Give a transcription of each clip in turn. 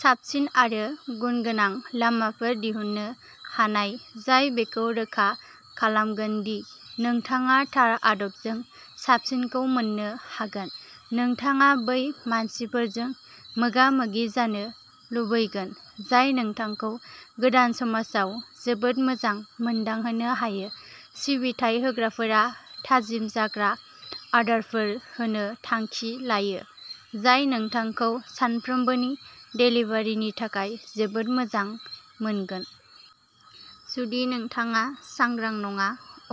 साबसिन आरो गुनगोनां लामाफोर दिहुननो हानाय जाय बेखौ रोखा खालामगोन दि नोंथाङा थार आदबजों साबसिनखौ मोन्नो हागोन। नोंथाङा बै मानसिफोरजों मोगा-मोगि जानो लुबैगोन जाय नोंथांखौ गोदान समाजाव जोबोद मोजां मोनदांहोनो हायो। सिबिथाइ होग्राफोरा थाजिम जाग्रा आदारफोर होनो थांखि लायो, जाय नोंथांखौ सानफ्रोमबोनि देलिभारिनि थाखाय जोबोद मोजां मोनगोन। जुदि नोंथाङा सांग्रां नङा,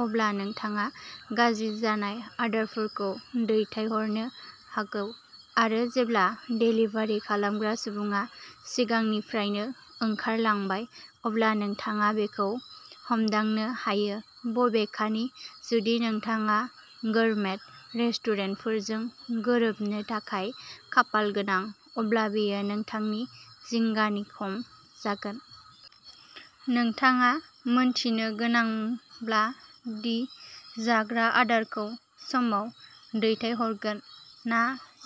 अब्ला नोंथाङा गाज्रि जानाय आदारफोरखौ दैथायहरनो हागौ आरो जेब्ला देलिभारि खालामग्रा सुबुङा सिगांनिफ्रायनो ओंखारलांबाय, अब्ला नोंथाङा बेखौ हमदांनो हायो। बबेखानि, जुदि नोंथाङा गोरमेट रेस्टुरेन्टफोरजों गोरोबनो थाखाय खाफालगोनां, अब्ला बेयो नोंथांनि जिंगानि खम जागोन। नोंथाङा मिन्थिनो गोनांब्ला दि जाग्रा आदारखौ समाव दैथायहरगोन ना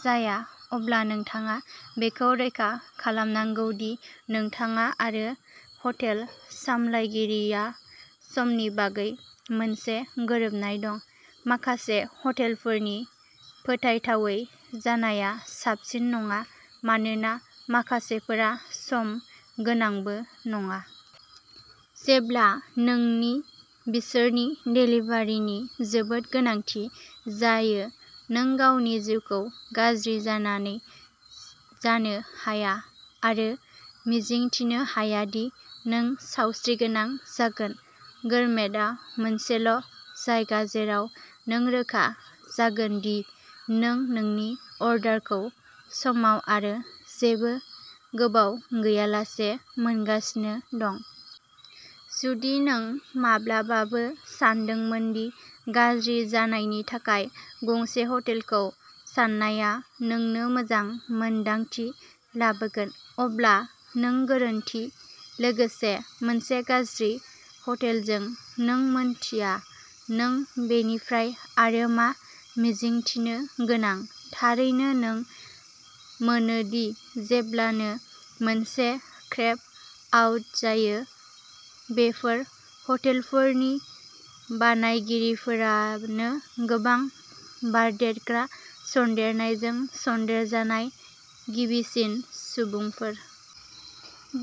जाया, अब्ला नोंथाङा बेखौ रोखा खालामनांगौ दि नोंथाङा आरो हटेल सामलायगिरिया समनि बागै मोनसे गोरोबनाय दं। माखासे हटेलफोरनि फोथायथावै जानाया साबसिन नङा, मानोना माखासेफोरा सम गोनांबो नङा। जेब्ला नोंनो बिसोरनि देलिभारिनि जोबोद गोनांथि जायो। नों गावनि जिउखौ गाज्रि जानानै जानो हाया आरो मिजिंथिनो हाया दि नों सावस्रिगोनां जागोन। गोरमेटआ मोनसेल' जायगा जेराव नों रोखा जागोन दि नों नोंनि अर्डारखौ समाव आरो जेबो गोबाव गैयालासे मोनगासिनो दं। जुदि नों माब्लाबाबो सानदोंमोन दि गाज्रि जानायनि थाखाय गंसे हटेलखौ साननाया नोंनो मोजां मोन्दांथि लाबोगोन, अब्ला नों गोरोन्थि। लोगोसे, मोनसे गाज्रि हटेलजों नों मिन्थिया नों बेनिफ्राय आरो मा मिजिंथिनो गोनां। थारैनो, नों मोनो दि जेब्लानो मोनसे ब्रेक आउट जायो, बेफोर हटेलफोरनि बायगिरिफोरानो गोबां बारदेरग्रा सन्देरनायजों सन्देरजानाय गिबिसिन सुबुंफोर।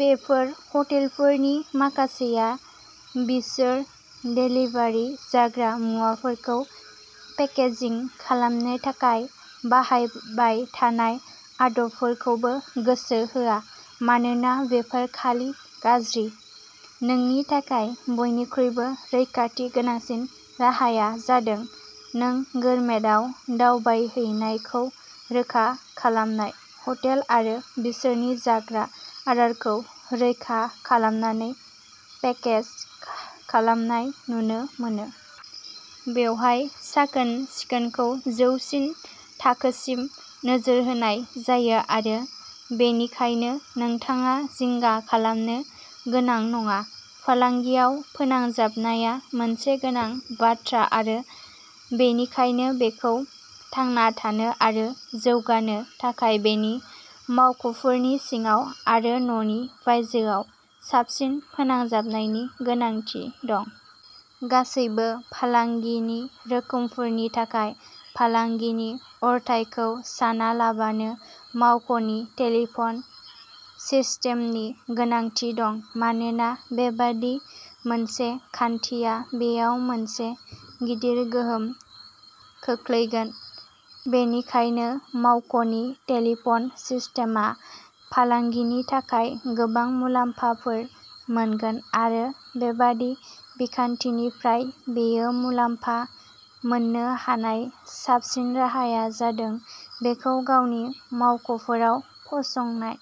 बेफोर हटेलफोरनि माखासेआ बिसोर देलिभारि जाग्रा मुवाफोरखौ पेकेजिं खालामनो थाखाय बाहायबाय थानाय आदबफोरखौबो गोसो होआ मानोना बेफोर खालि गाज्रि। नोंनि थाखाय बयनिख्रुइबो रैखाथि गोनांसिन राहाया जादों नों गोरमेटआव दावबायहैनायखौ रोखा खालामनाय। हटेल आरो बिसोरनि जाग्रा आदारखौ रैखा खालामनानै पेकेज खालामनाय नुनो मोनो। बेवहाय साखोन सिखोनखौ जौसिन थाखोसिम नोजोर होनाय जायो आरो बेनिखायनो नोंथाङा जिंगा खालामनो गोनां नङा। फालांगियाव फोनांजाबनाया मोनसे गोनां बाथ्रा आरो बेनिखायनो बेखौ थांना थानो आरो जौगानो थाखाय बेनि मावख'फोरनि सिङाव आरो न'नि बायजोआव साबसिन फोनांजाबनायनि गोनांथि दं। गासैबो फालांगिनि रोखोमफोरनि थाखाय फालांगिनि अरथाइखौ सानालाबानो मावख'नि टेलिफन सिस्टेमनि गोनांथि दं मानोना बेबादि मोनसे खान्थिया बेयाव मोनसे गिदिर गोहोम खोख्लैगोन। बेनिखायनो मावख'नि टेलिफन सिस्टेमआ फालांगिनि थाखाय गोबां मुलाम्फाफोर मोनगोन आरो बेबादि बिखान्थिनिफ्राय बेयो मुलाम्फा मोननो हानाय साबसिन राहाया जादों बेखौ गावनि मावख'फोराव फसंनाय।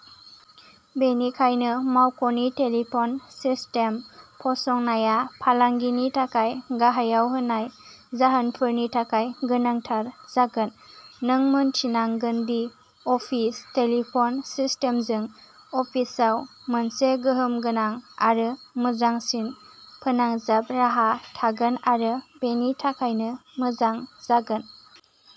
बेनिखायनो मावख'नि टेलिफन सिस्टेम फसंनाया फालांगिनि थाखाय गाहायाव होनाय जाहोनफोरनि थाखाय गोनांथार जागोन। नों मिन्थिनांगोन दि अफिस टेलिफन सिस्टेमजों अफिसआव मोनसे गोहोम गोनां आरो मोजांसिन फोनांजाब राहा थागोन आरो बेनि थाखायनो मोजां जागोन।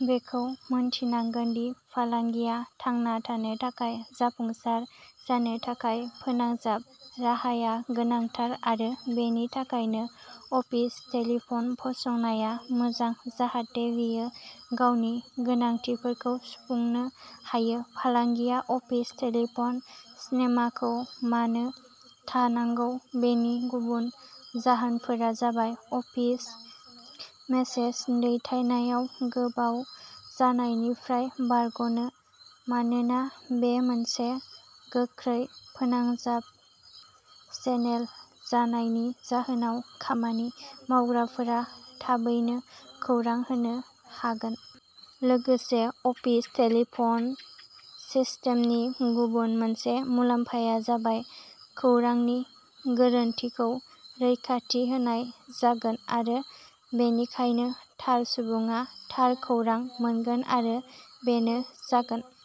बेखौ मिन्थिनांगोन दि फालांगिया थांना थानो आरो जाफुंसार जानो थाखाय फोनांजाब राहाया गोनांथार आरो बेनि थाखायनो अफिस टेलिफन फसंनाया मोजां जाहाथे बेयो गावनि गोनांथिफोरखौ सुफुंनो हायो। फालांगिया अफिस टेलिफन सिस्टेमखौ मानो थानांगौ बेनि गुबुन जाहोनफोरा जाबाय अफिस मेसेज दैथायनायाव गोबाव जानायनिफ्राय बारग'नो मानोना बे मोनसे गोख्रै फोनांजाब चेनेल जानायनि जाहोनाव खामानि मावग्राफोरा थाबैनो खौरां होनो हागोन। लोगोसे अफिस टेलिफन सिस्टेमनि गुबुन मोनसे मुलाम्फाया जाबाय खौरांनि गोरोनथिखौ रैखाथि होनाय जागोन आरो बेनिखायनो थार सुबुङा थार खौरां मोनगोन आरो बेनो जागोन।